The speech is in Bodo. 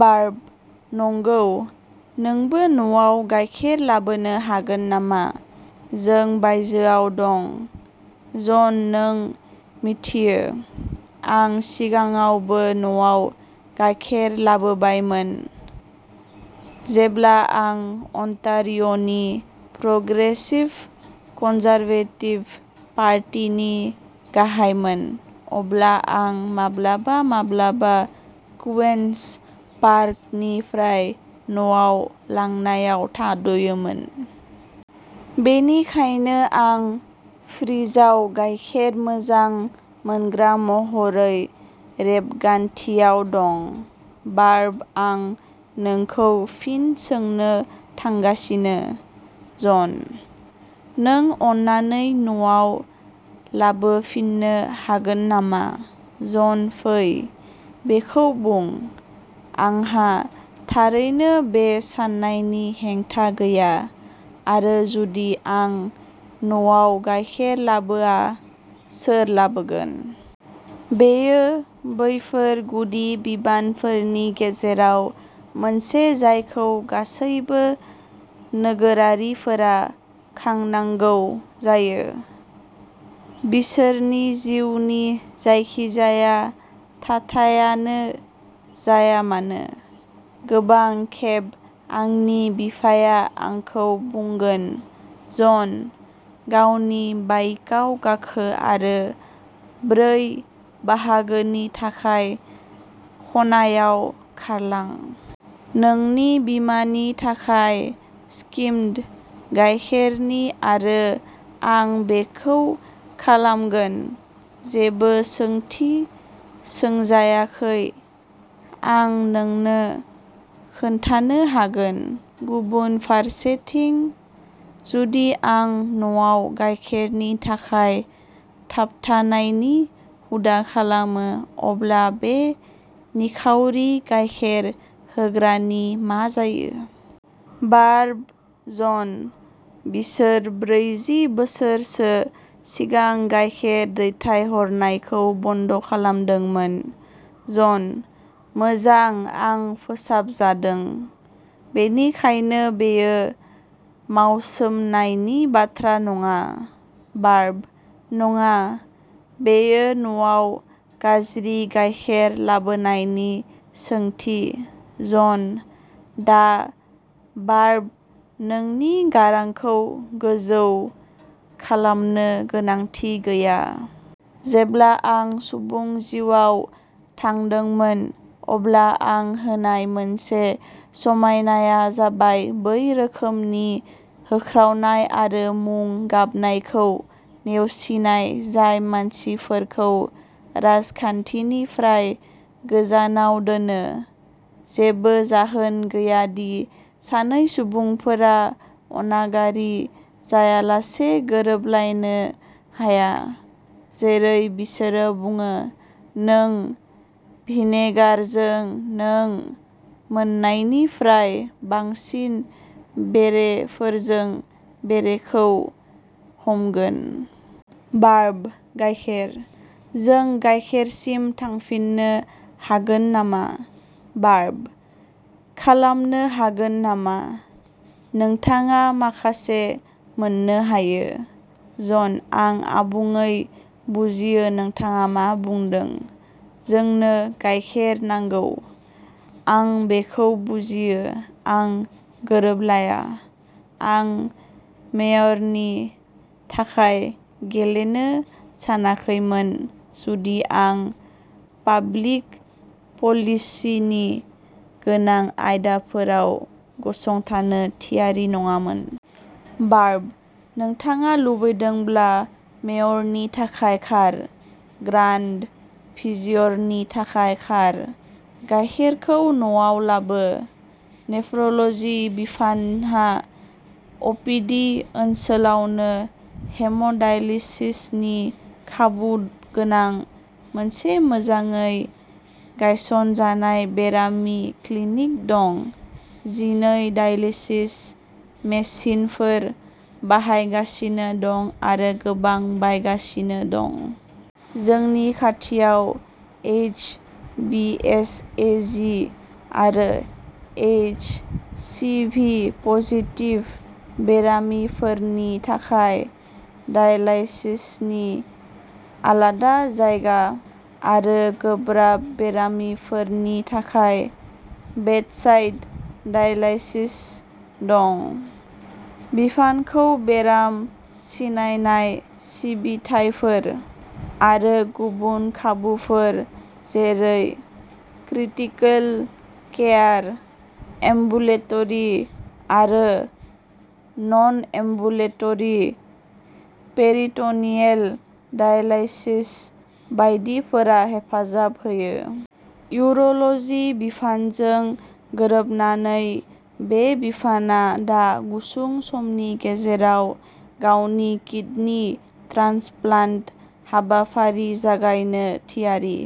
बार्ब नंगौ, नोंबो न'आव गाइखेर लाबोनो हागोन नामा? जों बायजोआव दं। जन नों मिथियो, आं सिगाङावबो न'आव गाइखेर लाबोबायमोन। जेब्ला आं अनटारिय'नि प्रग्रेसिभ कनजारभेटिभ पार्टिनि गाहायमोन, अब्ला आं माब्लाबा-माब्लाबा कुइन्स पार्कनिफ्राय न'आव लांनायाव थाद'योमोन। बेनिखायनो आं फ्रिजआव गाइखेर मोजां मोनग्रा महरै रेबगान्थियाव दं। बार्ब आं नोंखौ फिन सोंनो थांगासिनो, जन। नों अन्नानै न'आव लाबोफिननो हागोन नामा? जन फै, बेखौ बुं। आंहा थारैनो बे साननायनि हेंथा गैया। आरो जुदि आं न'आव गाइखेर लाबोआ, सोर लाबोगोन? बेयो बैफोर गुदि बिबानफोरनि गेजेराव मोनसे जायखौ गासैबो नोगोरारिफोरा खांनांगौ जायो, बिसोरनि जिउनि जायखिजाया थाथायानो जाया मानो। गोबां खेब आंनि बिफाया आंखौ बुंगोन, जन, गावनि बाइकाव गाखो आरो ब्रै बाहागोनि थाखाय खनायाव खारलां। नोंनि बिमानि थाखाय स्किम्ड गाइखेरनि आरो आं बेखौ खालामगोन, जेबो सोंथि सोंजायाखै, आं नोंनो खोन्थानो हागोन। गुबुन फारसेथिं, जुदि आं न'आव गाइखेरनि थाखाय थाबथानायनि हुदा खालामो, अब्ला बे निखावरि गाइखेर होग्रानि मा जायो? बार्ब जन, बिसोर ब्रैजि बोसोरसो सिगां गाइखेर दैथायहरनायखौ बन्द खालामदोंमोन। जनः मोजां आं फोसाबजादों। बेनिखायनो बेयो मावसोमनायनि बाथ्रा नङा। बार्बः नङा, बेयो न'आव गाज्रि गायखेर लाबोनायनि सोंथि। जनः दा, बार्ब, नोंनि गारांखौ गोजौ खालामनो गोनांथि गैया। जेब्ला आं सुबुं जिउआव थांदोंमोन, अब्ला आं होनाय मोनसे समायनाया जाबाय बै रोखोमनि होख्रावनाय आरो मुं-गाबनायखौ नेवसिनाय जाय मानसिफोरखौ राजखान्थिनिफ्राय गोजानाव दोनो। जेबो जाहोन गैया दि सानै सुबुंफोरा अनागारि जायालासे गोरोबलायनो हाया। जेरै बिसोरो बुङो, नों भिनेगारजों नों मोन्नायनिफ्राय बांसिन बेरेफोरजों बेरेखौ हमगोन। बार्बः गायखेर। जों गाइखेरसिम थांफिननो हागोन नामा? बार्ब: खालामनो हागोन नामा, नोंथाङा माखासे मोननो हायो? जनः आं आबुङै बुजियो नोंथाङा मा बुंदों। जोंनो गायखेर नांगौ। आं बेखौ बुजियो। आं गोरोबलाया। आं मेयरनि थाखाय गेलेनो सानाखैमोन जुदि आं पाब्लिक पलिसीनि गोनां आयदाफोराव गसंथानो थियारि नङामोन। बार्बः नोंथाङा लुबैदोंब्ला मेयरनि थाखाय खार। ग्रान्ड भिजियरनि थाखाय खार। गायखेरखौ न'आव लाबो। नेफ्र'ल'जी बिफानहा अ पि डि ओनसोलावनो हेमोडायलिसिसनि खाबु गोनां मोनसे मोजाङै गायसनजानाय बेरामि क्लिनिक दं। जिनै डायलिसिस मेसिनफोर बाहायजागासिनो दं आरो गोबां बायगासिनो दं। जोंनि खाथियाव H B S A G आरो एइच सि भि पजिटिभ बेरामिफोरनि थाखाय डायलाइसिसनि आलादा जायगा आरो गोब्राब बेरामिफोरनि थाखाय बेडसाइड डायलाइसिस दं। बिफानखौ बेराम सिनायनाय सिबिथाइफोर आरो गुबुन खाबुफोर जेरै क्रिटिकल केयार, एम्बुलेटरी आरो नन-एम्बुलेटरी पेरिट'नियेल डायलाइसिस बायदिफोरा हेफाजाब होयो। इउर'ल'जी बिफानजों गोरोबनानै, बे बिफानआ दा गुसुं समनि गेजेराव गावनि किडनि ट्रान्सप्लान्ट हाबाफारि जागायनो थियारि।